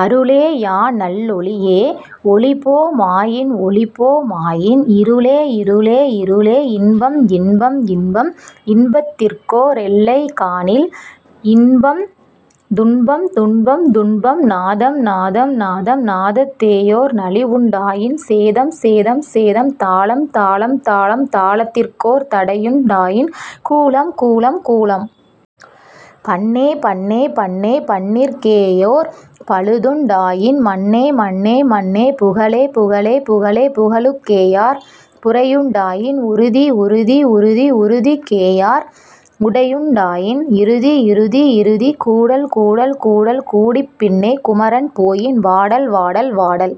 அருளே யாநல் லொளியே; ஒளிபோ மாயின், ஒளிபோ மாயின், இருளே, இருளே, இருளே.... இன்பம், இன்பம், இன்பம்; இன்பத் திற்கோ ரெல்லை காணில், துன்பம், துன்பம், துன்பம்.... நாதம், நாதம், நாதம்; நாதத் தேயோர் நலிவுண் டாயின், சேதம், சேதம், சேதம்.... தாளம், தாளம், தாளம்; தாளத் திற்கோர் தடையுண் டாயின், கூளம், கூளம், கூளம்.... பண்ணே, பண்ணே, பண்ணே; பண்ணிற் கேயோர் பழுதுண் டாயின். மண்ணே, மண்ணே, மண்ணே.... புகழே, புகழே, புகழே; புகழுக் கேயோர் புரையுண் டாயின், உறுதி, உறுதி, உறுதி; உறுதிக் கேயோர் உடைவுண் டாயின், இறுதி, இறுதி, இறுதி.... கூடல், கூடல், கூடல் கூடிப் பின்னே குமரன் போயின், வாடல், வாடல், வாடல்....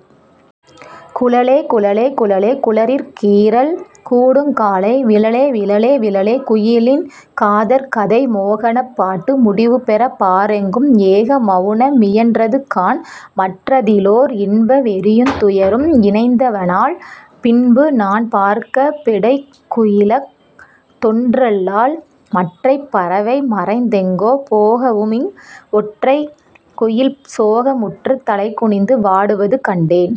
குழலே, குழலே, குழலே; குழலிற் கீறல் கூடுங்காலை, விழலே, விழலே, விழலே..... குயிலின் காதற் கதை மோகனப் பாட்டு முடிவுபெறப் பாரெங்கும் ஏக மவுன மியன்றதுகாண்; மற்றதிலோர் இன்ப வெறியுந் துயரும் இணைந்தனவால். பின்புநான் பார்க்கப் பெடைக்குயிலஃ தொன்றல்லால் மற்றைப் பறவை மறைந்தெங்கோ போகவுமிவ்... ஒற்றைக் குயில் சோக முற்றுத் தலைகுனிந்து வாடுவது கண்டேன்.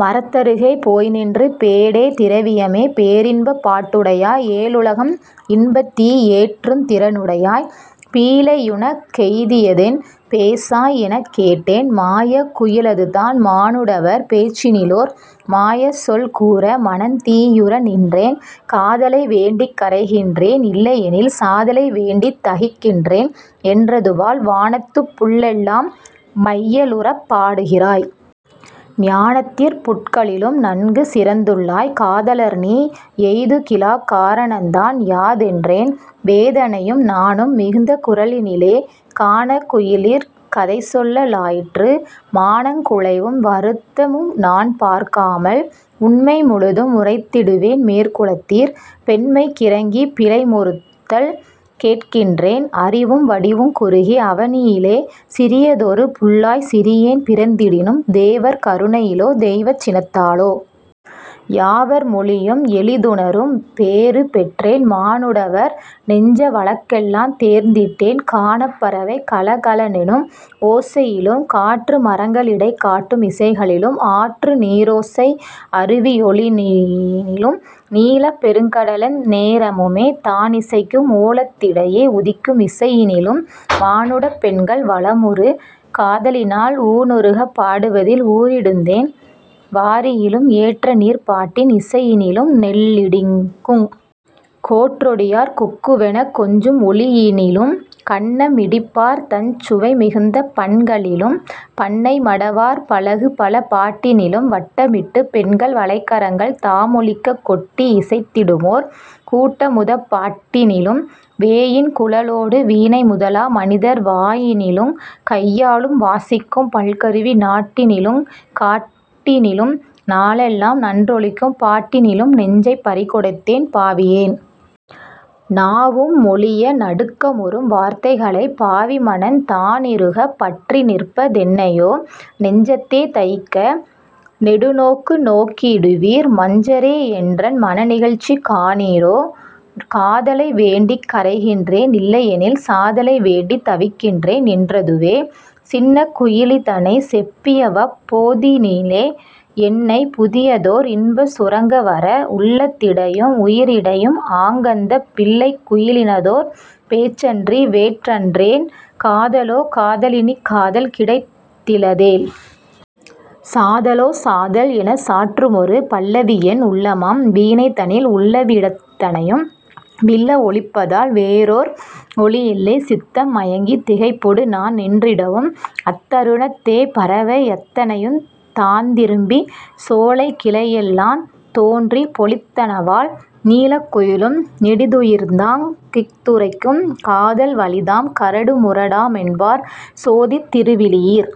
மரத்தருகே போய்நின்று, ''பேடே! திரவியமே! பேரின்பப் பாட்டுடையாய்! ஏழுலகம் இன்பத்தீ ஏற்றுந் திறனுடையாய்! பீழையுனக் கெய்தியதென்? பேசாய்! '' எனக் கேட்டேன்.... மாயக் குயிலதுதான் மானுடவர் பேச்சினிலோர் மாயச்சொல் கூற மனந் தீயுற நின்றேன். ''காதலை வேண்டிக் கரைகின்றேன், இல்லை யெனில் சாதலை வேண்டிக் தகிக்கின்றேன்'' என்றதுவால், ''வானத்துப் புள்ளெல்லாம் மையலுறப் பாடுகிறாய்.... ஞானத்திற் புட்களிலும் நன்கு சிறந்துள்ளாய், காதலர்நீ யெய்துகிலாக் காரணந்தான் யா'' தென்றேன். வேதனையும் நாணும் மிகுந்த குரலினிலே கானக் குயிலிக் கதைசொல்ல லாயிற்று:- ''மானக் குலைவும் வருத்தமுநான் பார்க்காமல்,... உண்மை முழுதும் உரைத்திடுவேன் மேற்குலத்தீர்! பெண்மைக் கிரங்கிப் பிழைபொறுத்தல் கேட்கின்றேன் அறிவும் வடிவுங் குறுகி, அவனியிலே சிறியதொரு புள்ளாய்ச் சிறியேன் பிறந்திடினும், தேவர் கருணையிலோ தெய்வச் சினத்தாலோ... யாவர் மொழியும் எளிதுணரும் பேறு பெற்றேன்; மானுடவர் நெஞ்ச வழக்கெல்லாந் தேர்ந்திட்டேன்: கானப் பறவை கலகலெனும் ஓசையிலும், காற்று மரங்களிடைக் காட்டும் இசைகளிலும், ஆற்று நீரோசை அருவி யொலியினிலும்,... நீலப் பெருங்கடலெந் நேரமுமே தானிசைக்கும் ஓலத் திடையே உதிக்கும் இசையினிலும், மானுடப் பெண்கள் வளமொரு காதலினால் ஊனுருகப் பாடுவதில் ஊறிடுந்தேன் வாரியிலும், ஏற்றநீர்ப் பாட்டின் இசையினிலும், நெல்லிடிக்குங்... கோற்றொடியார் குக்குவெனக் கொஞ்சும் ஒலியினிலும் கண்ண மிடிப்பார்தஞ் சுவைமிகுந்த பண்களிலும் பண்ணை மடவார் பழகு பல பாட்டினிலும் வட்டமிட்டுப் பெண்கள் வளைக்கரங்கள் தாமொலிக்கக் கொட்டி யிசைத்திடுமோர் கூட்டமுதப் பாட்டினிலும்,... வேயின் குழலோடு வீணைமுதலா மனிதர் வாயினிலுங் கையாலும் வாசிக்கும் பல்கருவி நாட்டினிலுங் காட்டினிலும் நாளெல்லாம் நன்றொலிக்கும் பாட்டினிலும், நெஞ்சைப் பறிகொடுத்தேன் பாவியேன். நாவும் மொழிய நடுக்கமுறும் வார்த்தைகளைப்... பாவிமனந் தானிறுகப் பற்றிநிற்ப தென்னையோ? நெஞ்சத்தே தைக்க நெடுநோக்கு நோக்கிடுவீர். மஞ்சரே, என்றன் மனநிகழ்ச்சி காணீரோ? காதலை வேண்டிக் கரைகின்றேன், இல்லையெனில், சாதலைத் வேண்டித் தவிக்கின்றேன்'' என்றதுவே.... சின்னக் குயிலிதனைச் செப்பியவப் போழ்தினிலே, என்னைப் புதியதோர் இன்பச் சுரங்கவர, உள்ளத் திடையும் உயிரிடையும் ஆங்கந்தப் பிள்ளைக் குயிலினதோர் பேச்சன்றி வேறற்றேன்; ''காதலோ காதலினிக் காதல் கிடைத்திலதேல்... சாதலோ சாதல்'' எனச் சாற்றுமொரு பல்லவியென் உள்ளமாம் வீணைதனில், உள்ளவீ டத்தனையும் விள்ள ஒலிப்பதால் வேறொர் ஒலியில்லை. சித்தம் மயங்கித் திகைப்பொடுநான் நின்றிடவும், அத்தருணத் தேபறவை யத்தனையுந் தாந்திரும்பிச்... சோலைக் கிளையிலெலாந் தோன்றி யொலித்தனவால், நீலக் குயிலும் நெடிதுயிர்த்தாங் கிஃதுரைக்கும், 'காதல் வழிதான் கரடுமுர டாமென்பார்; சோதித் திருவிழியீர்!